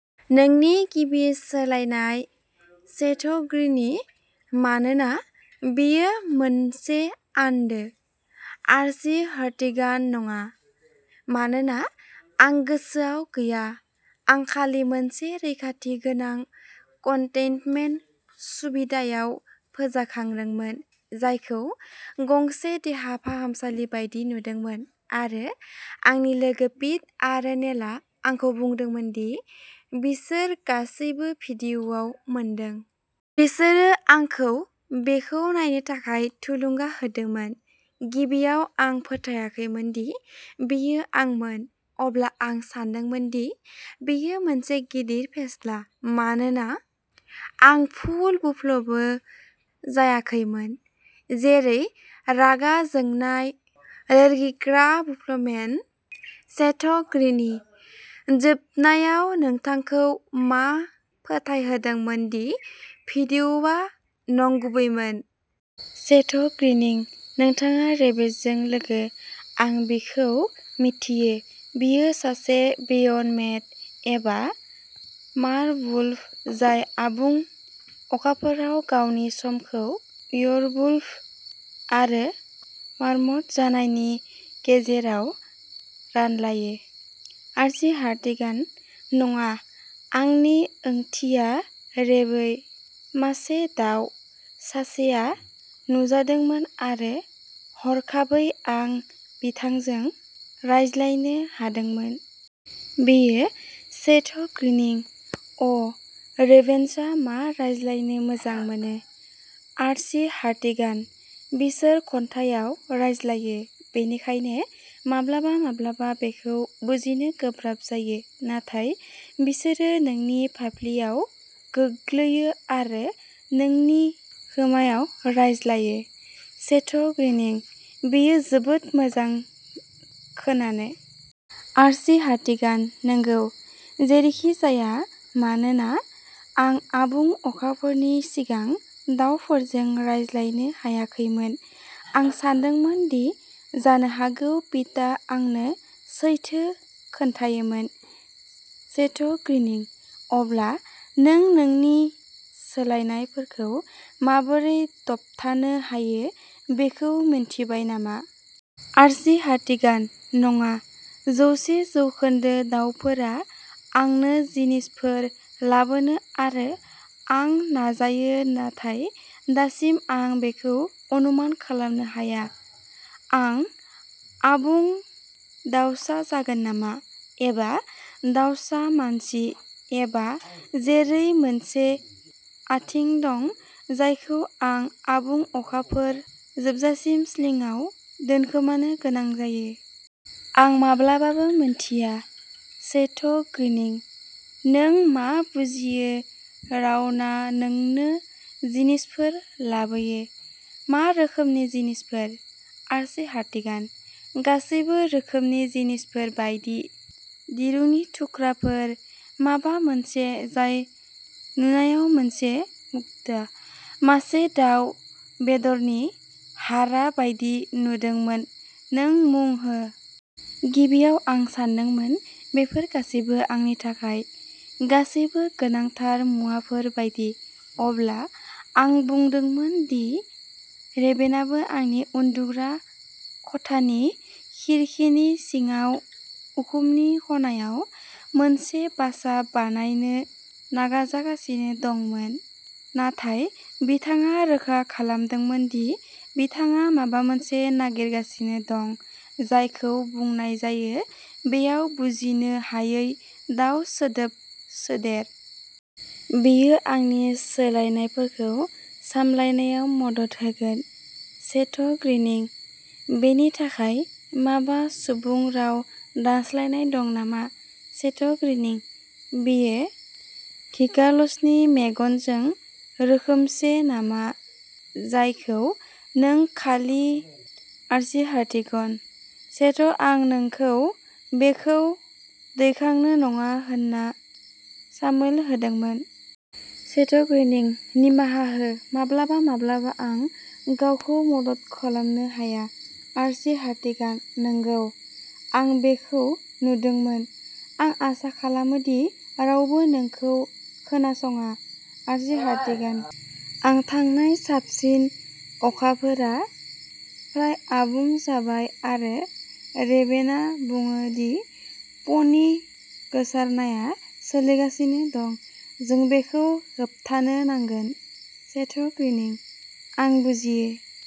नोंनि गिबि सोलायनाय? सेथ ग्रिनिंः मानोना बेयो मोनसे आन्दो? आर्ची हार्टिगानः नङा, मानोना आं गोसोआव गैया। आं खालि मोनसे रैखाथि गोनां कन्टेइनमेन्ट सुबिदायाव फोजाखांदोंमोन, जायखौ गंसे देहा फाहामसालि बायदि नुदोंमोन आरो आंनि लोगो पिट आरो नेलआ आंखौ बुंदोंमोन दि बिसोर गासैबो भिडिअ'आव मोनदों। बिसोरो आंखौ बेखौ नायनो थाखाय थुलुंगा होदोंमोन। गिबियाव आं फोथायाखैमोन दि बेयो आंमोन। अब्ला आं सानदोंमोन दि बेयो मोनसे गिदिर फेस्ला मानोना आं फुल वुल्फबो जायाखैमोन, जेरै रागा जोंनाय, लोरगिग्रा वुल्फ-मेन। सेथ' ग्रिनि: जोबनायाव नोंथांखौ मा फोथायहोदोंमोन दि भिडिअ'आ नंगुबैमोन। सेथ' ग्रिनिंः नोंथाङा रेभेदजों लोगो? आं बिखौ मिथियो! बियो सासे वेयर-मेड? एबा मार-वुल्फ जाय आबुं अखाफोराव गावनि समखौ वेयरवुल्फ आरो मारमुड जानायनि गेजेराव रानलायो। आर्ची हार्टिगानः नङा, आंनि ओंथिया रेवेद, मासे दाउ। सासेआ नुजादोंमोन आरो हरखाबै आं बिथांजों रायज्लायनो हादोंमोन। बेयो। सेथ' ग्रिनिंः अ रेभेन्सआ मा रायज्लायनो मोजां मोनो? आर्ची हार्टिगानः बिसोर खन्थाइआव रायज्लायो, बेनिखायनो माब्लाबा माब्लाबा बेखौ बुजिनो गोब्राब जायो। नाथाय बिसोरो नोंनि फाफ्लिआव गोग्लैयो आरो नोंनि खोमायाव रायज्लायो। सेथ' ग्रीनिंः बेयो जोबोद मोजां खोनानो। आर्ची हार्टिगानः नंगौ। जेरैखिजाया, मानोना आं आबुं अखाफोरनि सिगां दाउफोरजों रायज्लायनो हायाखैमोन, आं सानदोंमोन दि जानो हागौ पिटआ आंनो सैथो खोन्थायोमोन। सेथ' ग्रीनिंः अब्ला नों नोंनि सोलायनायफोरखौ माबोरै दबथानो हायो बेखौ मिन्थिबाय नामा? आर्ची हार्टिगानः नङा जौसे जौखोन्दो, दाउफोरा आंनो जिनिसफोर लाबोयो आरो आं नाजायो नाथाय दासिम आं बेखौ अनुमान खालामनो हाया। आं आबुं दाउसा जागोन नामा? एबा दाउसा मानसि? एबा जेरै, मोनसे आथिं दं जायखौ आं आबुं अखाफोर जोबजासिम स्लिंआव दोनखोमानो गोनां जायो। आं माब्लाबाबो मिन्थिया। सेथ' ग्रीनिंः नों मा बुजियो रावना नोंनो जिनिसफोर लाबोयो। मा रोखोमनि जिनिसफोर? आर्ची हार्टिगानः गासैबो रोखोमनि जिनिसफोर बायदि। दिरुंनि थुख्राफोर, माबा मोनसे जाय नुनायाव मोनसे मुक्ता, मासे दाव बेदरनि हारा बायदि नुदोंमोन, नों मुं हो। गिबियाव आं सानदोंमोन बेफोर गासैबो आंनि थाखाय, गासैबो गोनांथार मुवाफोर बायदि। अब्ला आं बुंदोंमोन दि रेभेनआबो आंनि उन्दुग्रा खथानि खिरखिनि सिङाव उखुमनि खनायाव मोनसे बासा बानायनो नागाजागासिनो दंमोन। नाथाय बिथाङा रोखा खालामदोंमोन दि बिथाङा माबा मोनसे नागिरगासिनो दं जायखौ बुंनाय जायो बेयाव बुजिनो हायै दाउ सोदोब सोदेर। बेयो आंनि सोलायनायफोरखौ सामलायनायाव मदद होगोन। सेथ' ग्रीनिंः बेनि थाखाय माबा सुबुं राव दानस्लायनाय दं नामा? सेथ' ग्रीनिंः बेयो घिकालसनि मेगनजों रोखोमसे नामा जायखौ नों खालि... आर्ची हार्टिगनः सेथ' आं नोंखौ बेखौ दैखांनो नङा होनना सामोल होदोंमोन। सेथ' ग्रीनिंः निमाहा हो। माब्लाबा माब्लाबा आं गावखौ मदद खालामनो हाया। आर्ची हार्टिगानः नंगौ। आं बेखौ नुदोंमोन। आं आसा खालामो दि रावबो नोंखौ खोनासङा। आर्ची हार्टिगनः आं थांनाया साबसिन। अखाफोरा फ्राय आबुं जाबाय आरो रेभेनआ बुङो दि प'नि गोसारनाया सोलिगासिनो दं। जों बेखौ होबथानो नांगोन। सेथ' ग्रीनिंः आं बुजियो।